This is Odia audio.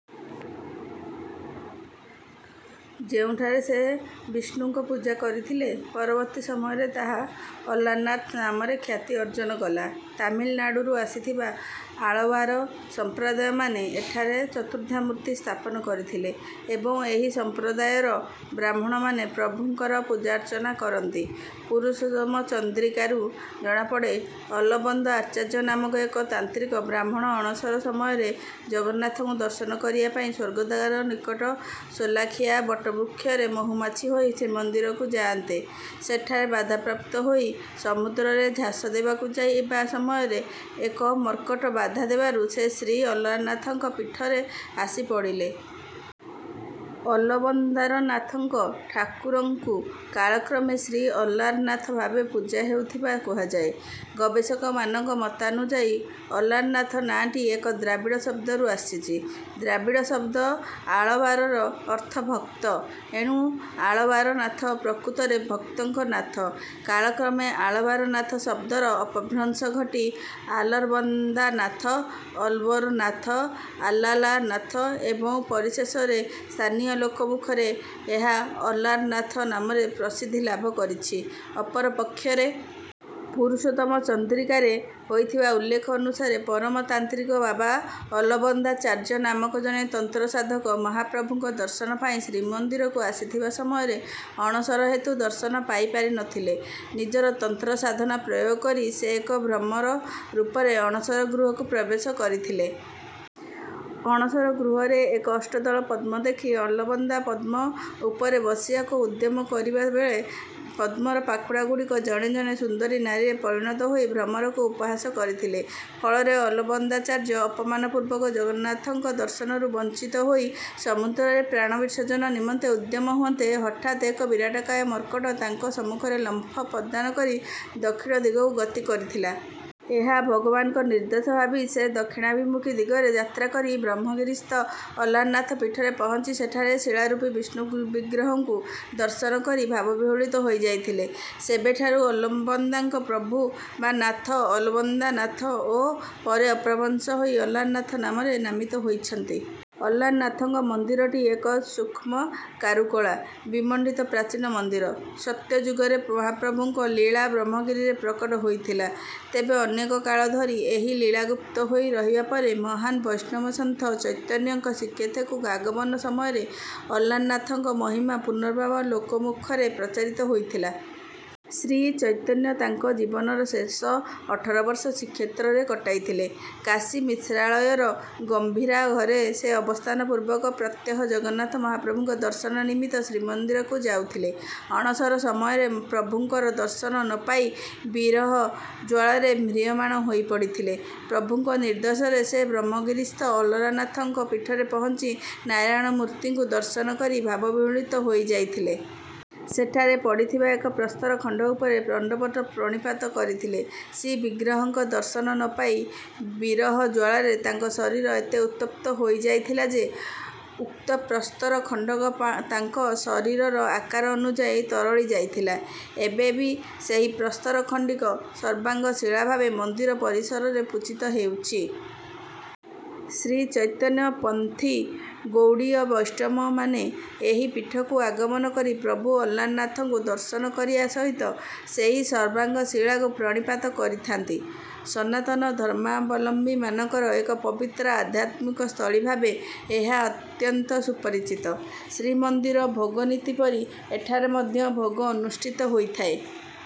ଯେଉଁଠାରେ ସେ ବିଷ୍ଣୁଙ୍କ ପୂଜା କରିଥିଲେ, ପରବର୍ତ୍ତୀ ସମୟରେ ତାହା ଅଲାରନାଥ ନାମରେ ଖ୍ୟାତି ଅର୍ଜନ କଲା। ତାମିଲନାଡୁରୁ ଆସିଥିବା ଆଳବାର ସମ୍ପ୍ରଦାୟମାନେ ଏଠାରେ ଚତୁର୍ଦ୍ଧାମୂର୍ତ୍ତି ସ୍ଥାପନ କରିଥିଲେ ଏବଂ ଏହି ସମ୍ପ୍ରଦାୟର ବ୍ରାହ୍ମଣମାନେ ପ୍ରଭୁଙ୍କର ପୂଜାର୍ଚ୍ଚନା କରନ୍ତି। 'ପୁରୁଷୋତ୍ତମ ଚନ୍ଦ୍ରିକା'ରୁ ଜଣାପଡ଼େ, ଅଲବନ୍ଦ ଆଚାର୍ଯ୍ୟ ନାମକ ଏକ ତାନ୍ତ୍ରିକ ବ୍ରାହ୍ମଣ ଅଣସର ସମୟରେ ଜଗନ୍ନାଥଙ୍କୁ ଦର୍ଶନ କରିବା ପାଇଁ ସ୍ୱର୍ଗଦ୍ୱାର ନିକଟ ସୋଲାଖିଆ ବଟବୃକ୍ଷରେ ମହୂମାଛି ହୋଇ ଶ୍ରୀମନ୍ଦିରକୁ ଯାଆନ୍ତେ, ସେଠାରେ ବାଧାପ୍ରାପ୍ତ ହୋଇ ସମୁଦ୍ରରେ ଝାସ ଦେବାକୁ ଯିବା ସମୟରେ ଏକ ମର୍କଟ ବାଧା ଦେବାରୁ ସେ ଶ୍ରୀ ଅଲାରନାଥଙ୍କ ପୀଠରେ ଆସି ପଡ଼ିଲେ। ଅଲବନ୍ଦାରନାଥଙ୍କ ଠାକୁରଙ୍କୁ କାଳକ୍ରମେ ଶ୍ରୀ ଅଲାରନାଥ ଭାବେ ପୂଜା ହେଉଥିବା କୁହାଯାଏ। ଗବେଷକମାନଙ୍କ ମତାନୁଯାୟୀ, 'ଅଲାରନାଥ' ନାଁଟି ଏକ ଦ୍ରାବିଡ଼ ଶବ୍ଦରୁ ଆସିଛି। ଦ୍ରାବିଡ଼ ଶବ୍ଦ 'ଆଳବାର'ର ଅର୍ଥ ଭକ୍ତ। ଏଣୁ ଆଳବାରନାଥ ପ୍ରକୃତରେ ଭକ୍ତଙ୍କ ନାଥ। କାଳକ୍ରମେ ଆଳବାରନାଥ ଶବ୍ଦର ଅପଭ୍ରଂଶ ଘଟି ଆଲାରବନ୍ଦାନାଥ, ଅଲବରନାଥ, ଆଲାଲାନାଥ ଏବଂ ପରିଶେଷରେ ସ୍ଥାନୀୟ ଲୋକମୁଖରେ ଏହା 'ଅଲାରନାଥ' ନାମରେ ପ୍ରସିଦ୍ଧି ଲାଭ କରିଛି। ଅପରପକ୍ଷରେ-- 'ପୁରୁଷୋତ୍ତମ ଚନ୍ଦ୍ରିକା'ରେ ହୋଇଥିବା ଉଲ୍ଲେଖ ଅନୁସାରେ ପରମ ତାନ୍ତ୍ରିକ ବାବା ଅଲବନ୍ଦାଚାର୍ଯ୍ୟ ନାମକ ଜଣେ ତନ୍ତ୍ର ସାଧକ ମହାପ୍ରଭୁଙ୍କ ଦର୍ଶନ ପାଇଁ ଶ୍ରୀମନ୍ଦିରକୁ ଆସିଥିବା ସମୟରେ ଅଣସର ହେତୁ ଦର୍ଶନ ପାଇପାରି ନ ଥିଲେ। ନିଜର ତନ୍ତ୍ର ସାଧନା ପ୍ରୟୋଗ କରି ସେ ଏକ ଭ୍ରମର ରୂପରେ ଅଣସର ଗୃହକୁ ପ୍ରବେଶ କରିଥିଲେ। ଅଣସର ଗୃହରେ ଏକ ଅଷ୍ଟଦଳ ପଦ୍ମ ଦେଖି ଅଲବନ୍ଦା ପଦ୍ମ ଉପରେ ବସିବାକୁ ଉଦ୍ୟମ କରିବା ବେଳେ, ପଦ୍ମର ପାଖୁଡ଼ାଗୁଡ଼ିକ ଜଣେ ଜଣେ ସୁନ୍ଦରୀ ନାରୀରେ ପରିଣତ ହୋଇ ଭ୍ରମରକୁ ଉପହାସ କରିଥିଲେ। ଫଳରେ ଅଲବନ୍ଦାଚାର୍ଯ୍ୟ ଅପମାନପୂର୍ବକ ଜଗନ୍ନାଥଙ୍କ ଦର୍ଶନରୁ ବଞ୍ଚିତ ହୋଇ ସମୁଦ୍ରରେ ପ୍ରାଣ ବିସର୍ଜନ ନିମନ୍ତେ ଉଦ୍ୟମ ହୁଅନ୍ତେ, ହଠାତ୍ ଏକ ବିରାଟକାୟ ମର୍କଟ ତାଙ୍କ ସମ୍ମୁଖରେ ଲମ୍ଫ ପ୍ରଦାନ କରି ଦକ୍ଷିଣ ଦିଗକୁ ଗତି କରିଥିଲା। ଏହା ଭଗବାନଙ୍କ ନିର୍ଦ୍ଦେଶ ଭାବି ସେ ଦକ୍ଷିଣାଭିମୁଖୀ ଦିଗରେ ଯାତ୍ରା କରି ବ୍ରହ୍ମଗିରିସ୍ଥ ଅଲାରନାଥ ପୀଠରେ ପହଞ୍ଚି ସେଠାରେ ଶିଳାରୂପୀ ବିଷ୍ଣୁ ବିଗ୍ରହଙ୍କୁ ଦର୍ଶନ କରି ଭାବବିହ୍ୱଳିତ ହୋଇଯାଇଥିଲେ। ସେବେଠାରୁ ଅଲବନ୍ଦାଙ୍କ ପ୍ରଭୁ ବା ନାଥ 'ଅଲବନ୍ଦାନାଥ' ଓ ପରେ ଅପଭ୍ରଂଶ ହୋଇ 'ଅଲାରନାଥ' ନାମରେ ନାମିତ ହୋଇଛନ୍ତି। ଅଲାରନାଥଙ୍କ ମନ୍ଦିରଟି ଏକ ସୂକ୍ଷ୍ମ କାରୁକଳା ବିମଣ୍ଡିତ ପ୍ରାଚୀନ ମନ୍ଦିର। ସତ୍ୟଯୁଗରେ ମହାପ୍ରଭୁଙ୍କ ଲୀଳା ବ୍ରହ୍ମଗିରିରେ ପ୍ରକଟ ହୋଇଥିଲା। ତେବେ ଅନେକ କାଳ ଧରି ଏହି ଲୀଳା ଗୁପ୍ତ ହୋଇ ରହିବା ପରେ, ମହାନ ବୈଷ୍ଣବ ସନ୍ଥ ଚୈତନ୍ୟଙ୍କ ଶ୍ରୀକ୍ଷେତ୍ରକୁ ଆଗମନ ସମୟରେ ଅଲାରନାଥଙ୍କ ମହିମା ପୁନର୍ବାର ଲୋକମୁଖରେ ପ୍ରଚାରିତ ହୋଇଥିଲା। ଶ୍ରୀଚୈତନ୍ୟ ତାଙ୍କ ଜୀବନର ଶେଷ ଅଠର ବର୍ଷ ଶ୍ରୀକ୍ଷେତ୍ରରେ କଟାଇଥିଲେ। କାଶୀମିଶ୍ରାଳୟର ଗମ୍ଭୀରା ଘରେ ସେ ଅବସ୍ଥାନ ପୂର୍ବକ ପ୍ରତ୍ୟହ ଜଗନ୍ନାଥ ମହାପ୍ରଭୁଙ୍କ ଦର୍ଶନ ନିମିତ୍ତ ଶ୍ରୀମନ୍ଦିରକୁ ଯାଉଥିଲେ। ଅଣସର ସମୟରେ ପ୍ରଭୁଙ୍କର ଦର୍ଶନ ନ ପାଇ ବିରହ ଜ୍ୱାଳାରେ ମ୍ରିୟମାଣ ହୋଇପଡ଼ିଥିଲେ। ପ୍ରଭୁଙ୍କ ନିର୍ଦ୍ଦେଶରେ ସେ ବ୍ରହ୍ମଗିରିସ୍ଥ ଅଲାରନାଥଙ୍କ ପୀଠରେ ପହଞ୍ଚି ନାରାୟଣ ମୂର୍ତ୍ତିଙ୍କୁ ଦର୍ଶନ କରି ଭାବବିହ୍ୱଳିତ ହୋଇଯାଇଥିଲେ। ସେଠାରେ ପଡ଼ିଥିବା ଏକ ପ୍ରସ୍ତର ଖଣ୍ଡ ଉପରେ ଦଣ୍ଡବତ ପ୍ରଣିପାତ କରିଥିଲେ। ଶ୍ରୀବିଗ୍ରହଙ୍କ ଦର୍ଶନ ନ ପାଇ ବିରହ ଜ୍ୱାଳାରେ ତାଙ୍କ ଶରୀର ଏତେ ଉତ୍ତପ୍ତ ହୋଇଯାଇଥିଲା ଯେ, ଉକ୍ତ ପ୍ରସ୍ତର ଖଣ୍ଡକ ତାଙ୍କ ଶରୀରର ଆକାର ଅନୁଯାୟୀ ତରଳି ଯାଇଥିଲା। ଏବେ ବି ସେଇ ପ୍ରସ୍ତର ଖଣ୍ଡିକ ସର୍ବାଙ୍ଗ ଶିଳା ଭାବେ ମନ୍ଦିର ପରିସରରେ ପୂଜିତ ହେଉଛି। ଶ୍ରୀଚୈତନ୍ୟପନ୍ଥୀ ଗୌଡ଼ୀୟ ବୈଷ୍ଣବମାନେ ଏହି ପୀଠକୁ ଆଗମନ କରି ପ୍ରଭୁ ଅଲାରନାଥଙ୍କୁ ଦର୍ଶନ କରିବା ସହିତ ସେହି ସର୍ବାଙ୍ଗ ଶିଳାକୁ ପ୍ରଣିପାତ କରିଥାନ୍ତି। ସନାତନ ଧର୍ମାବଲମ୍ବୀମାନଙ୍କର ଏକ ପବିତ୍ର ଆଧ୍ୟାତ୍ମିକ ସ୍ଥଳୀ ଭାବେ ଏହା ଅତ୍ୟନ୍ତ ସୁପରିଚିତ। ଶ୍ରୀମନ୍ଦିର ଭୋଗନୀତି ପରି ଏଠାରେ ମଧ୍ୟ ଭୋଗ ଅନୁଷ୍ଠିତ ହୋଇଥାଏ।